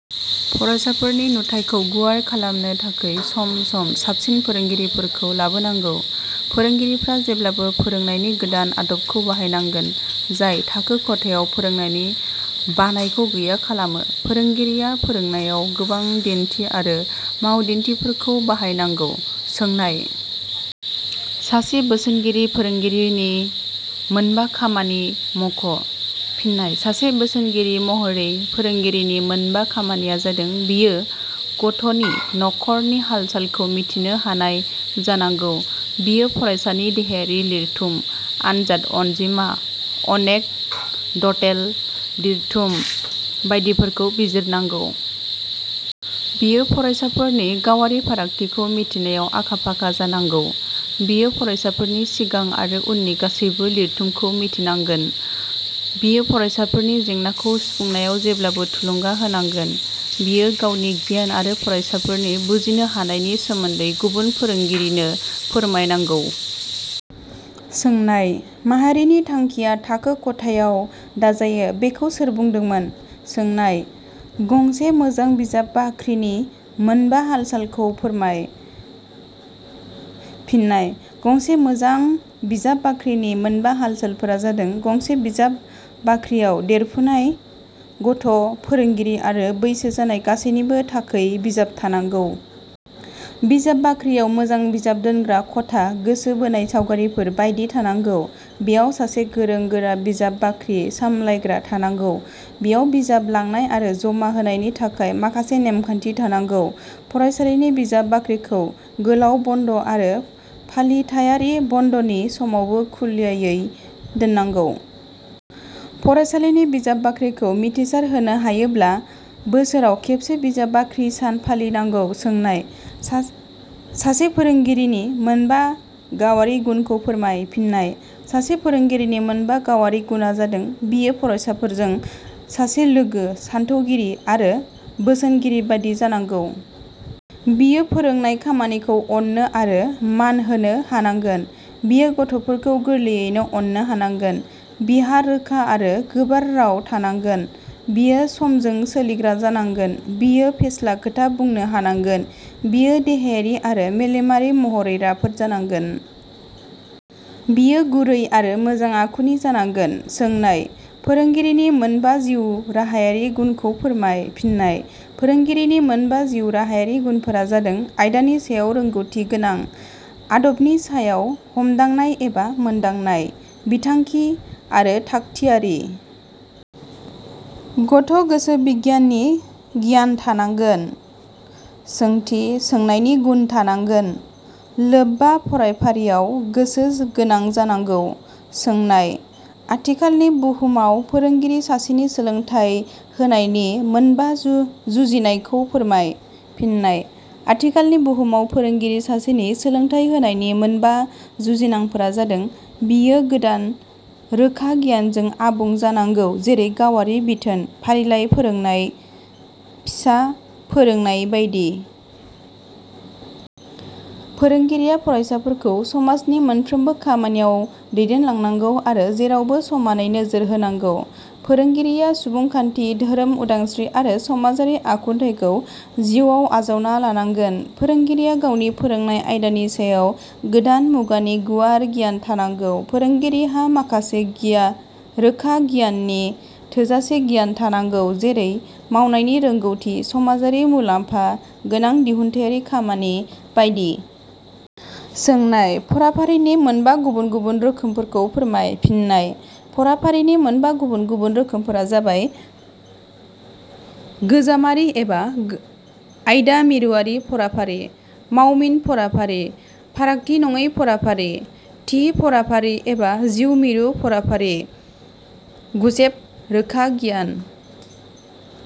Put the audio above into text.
फरायसाफोरनि नुथायखौ गुवार खालामनो थाखै सम सम साबसिन फोरोंगिरिफोरखौ लाबोनांगौ। फोरोंगिरिफ्रा जेब्लाबो फोरोंनायनि गोदान आदबखौ बाहायनांगोन जाय थाखो ख'थायाव फोरोंनायनि बानायखौ गैया खालामो। फोरोंगिरिया फोरोंनायाव गोबां दिन्थि आरो मावदिन्थिफोरखौ बाहाय नांगौ। सोंनाय –. सासे बोसोनगिरि फोरोंगिरिनि मोनबा खामानि मख'। फिन्नाय: सासे बोसोनगिरि महरै फोरोंगिरिनि मोनबा खामानिया जादों बियो गथ 'नि न 'खरनि हालसालखौ मिथिनो हानाय जानांगौ। बियो फरायसानि देहायारि लिरथुम, आनजाद अनजिमा, एनेकदतेल लिरथुम बायदिफोरखौ बिजिरनांगौ। बियो फरायसाफोरनि गावारि फारागथिखौ मिथिनायाव आखा-फाखा जानांगौ। बियो फरायसाफोरनि सिंगां आरो उननि गासैबो लिरथुम खौ मिथिनांगोन। बियो फरायसाफोरनि जेंनाखौ सुफुंनायाव जेब्लाबो थुलुंगा होनांगोन। बियो गावनि गियान आरो फरायसाफोरनि बुजिनो हानायनि सोमोन्दै गुबुन फोरोंगिरिनो फोरमाय नांगौ। सोंनाय –." माहारिनि थांखिया थाखो ख 'थायाव दाजायो" बेखौ सोर बुंदोंमोन? सोंनाय –. गंसे मोजां बिजाब बाखिनि मोनबा हालसालखौ फोरमाय। फिन्नाय: गंसे मोजां बिजाब बाखिनि मोनबा हालसालफोरा जादों- गंसे बिजाब बानियाव देरफुनाय गथ' फोरोंगिरि आरो बैसो जानाय गासैनिबो थाखै बिजाब थानांगौ। बिजाब बाख्रियाव मोजां बिजाब दोनग्रा ख 'था, गोसो बोनाय सावगारिफोर बायदि थानांगौ। बेयाव सासे गोरों-गोरा बिजाब बाख्रि सामलायग्रा थानांगौ। बेयाव बिजाब लांनाय आरो जमा होनायनि थाखाय माखासे नेमखान्थि थानांगौ। फरायसालिनि बिजाब बाख्रिखौ गोलाव बन्द' आरो फालिथाइयारि बन्द 'नि समावबो खुलायै दोननांगौ। फरायसालिनि बिजाब बाख्रिखौ मिथिसार होना हायोब्ला – बोसोराव खेबसे बिजाब बाखि सान फालि नांगौ। सोंनाय-. सासे फोरोंगिरिनि मोनबा गावारि गुनखौ फोरमाय। फिन्नाय: सासे फोरोंगिरिनि मोनबा गावारि गुना जादों- बियो फरायसाफोरजों सासे लोगो, सानथौगिरि आरो बोसोनगिरि बादि जानांगौ। बियो फोरोंनाय खामानिखौ अननो आरो मान होनो हानांगोन। बियो गथ 'फोरखौ गोरलैयैनो अननो हानांगोन। बिहा रोखा आरो गोबार राव थानांगोन। बियो समजों सीलिग्रा जानांगोन। बियो फेस्ला खोथा बुंनो हानांगोन। बियो देहायारि आरो मेलेमारि महरै राफोद जानांगोन। बियो गुरै आरो मोजां आखुनि जानांगोन। सोंनाय –. फोरोंगिरिनि मोनबा जिउ राहायारि गुनखौ फोरमाय। फिन्नाय: फोरोंगिरिनि मोनबा जिउ राहायारि गुनफोरा जादों- आयदानि सायाव रोंगौथि गोनां। आदबनि सायाव हमदांनाय एबा मोनदांनाय। बिथांखि आरो थाख थियारि। गथ' गोसोबिगियाननि गियान थानांगोन। सौंथि सोंनायनि गुन थानांगोन। लोब्बा फराफारियाव गोसो गोनां जानांगौ। सोनाय-. आथिखालनि बुहुमाव फोरोंगिरि सासेनि सोलोंथाइ होनायनि मोनबा जुजिनायखौ फोरमाय। फिन्नाय: आथिखालनि बुहुमाव फोरोंगिरि सासेनि सोलोंथाइ होनायनि मोनबा जुजिनांनाफोरा जादों – बियो गोदान रोखा गियानजों आबुं जानांगौ जेरै- गावारि बिथोन, फारिलाइ फोरोंनाय, फिसा फोरोंनाय बायदि। फोरोंगिरिया फरायसाफोरखौ समाजनि मोनफ्रोमबो खामानियाव दैदेनलांनांगौ आरो जेरावबो समानै नोजोर होनांगौ। फोरोंगिरिया सुबुंखान्थि, धोरोम उदांस्त्रि आरो समाजारि आखुथाइखौ जिउआव आजावना लानांगोन। फोरोंगिरिया गावनि फोरोंनाय आयदानि सायाव गोदान मुगानि गुवार गियान थानांगौ। फोरोंगिरिहा माखासे रोखा गियाननि थोजासे गियान थानांगौ जेरै- मावनायनि रोंगौथि, समाजआरि मुलाम्फा गोनां दिहुनाथाइयारि खामानि बायदि। सोंनाय –. फाराफारिनि मोनबा गुबुन गुबुन रोखोमफोरखौ फोरमाय। फिन्नाय: फराफारिनि मोनबा गुबुन गुबुन रोखोमफोरा जादों- गोजामारि एबा आयदा मिरुवारि फराफारि। मावमिन फराफारि। फारागथि नङै फराफारि। थि फराफारि एबा जिउ मिरु फराफारि। गुसेब रोखागियान।